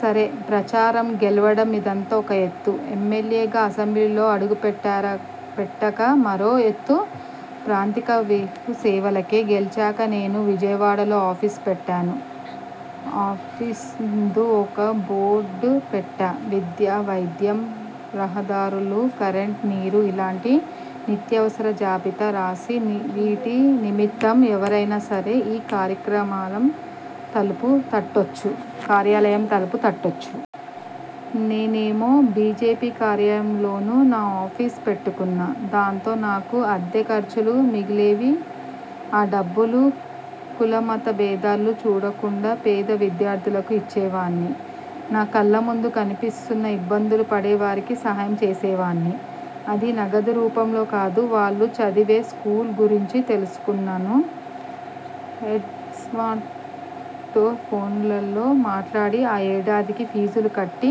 సరే ప్రచారం, గెలవడం ఇదంతా ఒక ఎత్తు. ఎమ్మెల్యేగా అసెంబ్లీలో అడుగుపెట్టాక మరో ఎత్తు పాతికే వేలు సేవలకే! గెలిచాక నేను విజయవాడలో ఆఫీస్ పెట్టాను. ఆఫీస్ముందు ఓ బోర్డు పెట్టా. విద్య, వైద్యం, రహదారులు, కరెంటు, నీరు ఇలాంటి నిత్యావసరాల జాబితా రాసి 'వీటి నిమిత్తం ఎవరైనా సరే ఈ కార్యాలయం తలుపులు తట్టొచ్చు. నేనేమో బీజేపీ కార్యాలయంలోనే నా ఆఫీసు పెట్టుకున్నా. దాంతో నాకు అద్దె ఖర్చులు మిగిలేవి. ఆ డబ్బును కులమత భేదాలు చూడకుండా పేద విద్యార్థులకు ఇచ్చేవాణ్ణి. నా కళ్ళముందు కనిపిస్తూ ఇబ్బందులు పడేవారికే సాయం చేసేవాణ్ణి. అదీ నగదురూపంలో కాదు వాళ్ళు చదివే స్కూలు గురించి తెలుసుకుని, హెడ్మాస్టర్తో ఫోనులో మాట్లాడి ఆ ఏడాదికి పీజులు కట్టి,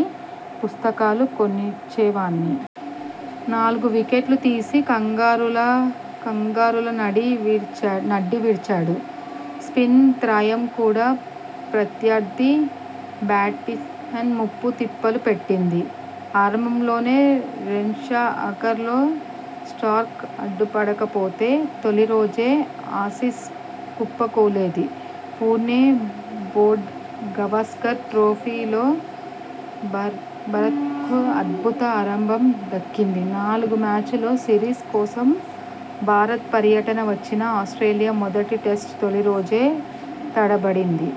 పుస్తకాలు కొనిచ్చేవాణ్ణి. నాలుగు వికెట్లు తీసి కంగారూల నడ్డి విరిచాడు! స్పిన్ త్రయం కూడా ప్రత్యర్థి బ్యాట్స్మెన్ను ముప్పు తిప్పలు పెట్టింది! ఆరంభంలో Renshaw ఆఖర్లో Stark అడ్డుపడకపోతే తొలిరోజే Aussies కుప్పకూలేదే.! Pune: Border-Gavaskar ట్రోఫీలో భారత్కు అద్భుత ఆరంభం దక్కింది. నాలుగు మ్యాచ్ల సిరీస్ కోసం భారత పర్యటనకు వచ్చిన ఆస్ర్టేలియా మొదటి టెస్టు తొలి రోజే తడబడింది.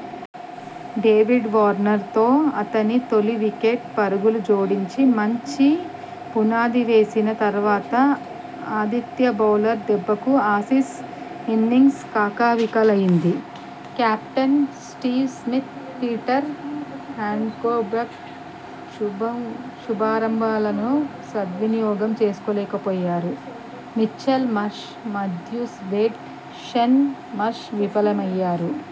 డేవిడ్ వార్నర్ తో అతను తొలి వికెట్కు పరుగులు జోడించి మంచి పునాది వేసినా తర్వాత ఆతిథ్య బౌలర్ల దెబ్బకు ఆసీస్ ఇన్నింగ్స్ కకావికలైంది. Captain Steve Smith, Peter Handscomb శుభారంభాలను సద్వినియోగం చేసుకోలేకపోయారు. Mitchell Marsh, Matthew Wade, Shaun Marsh విఫలమయ్యారు.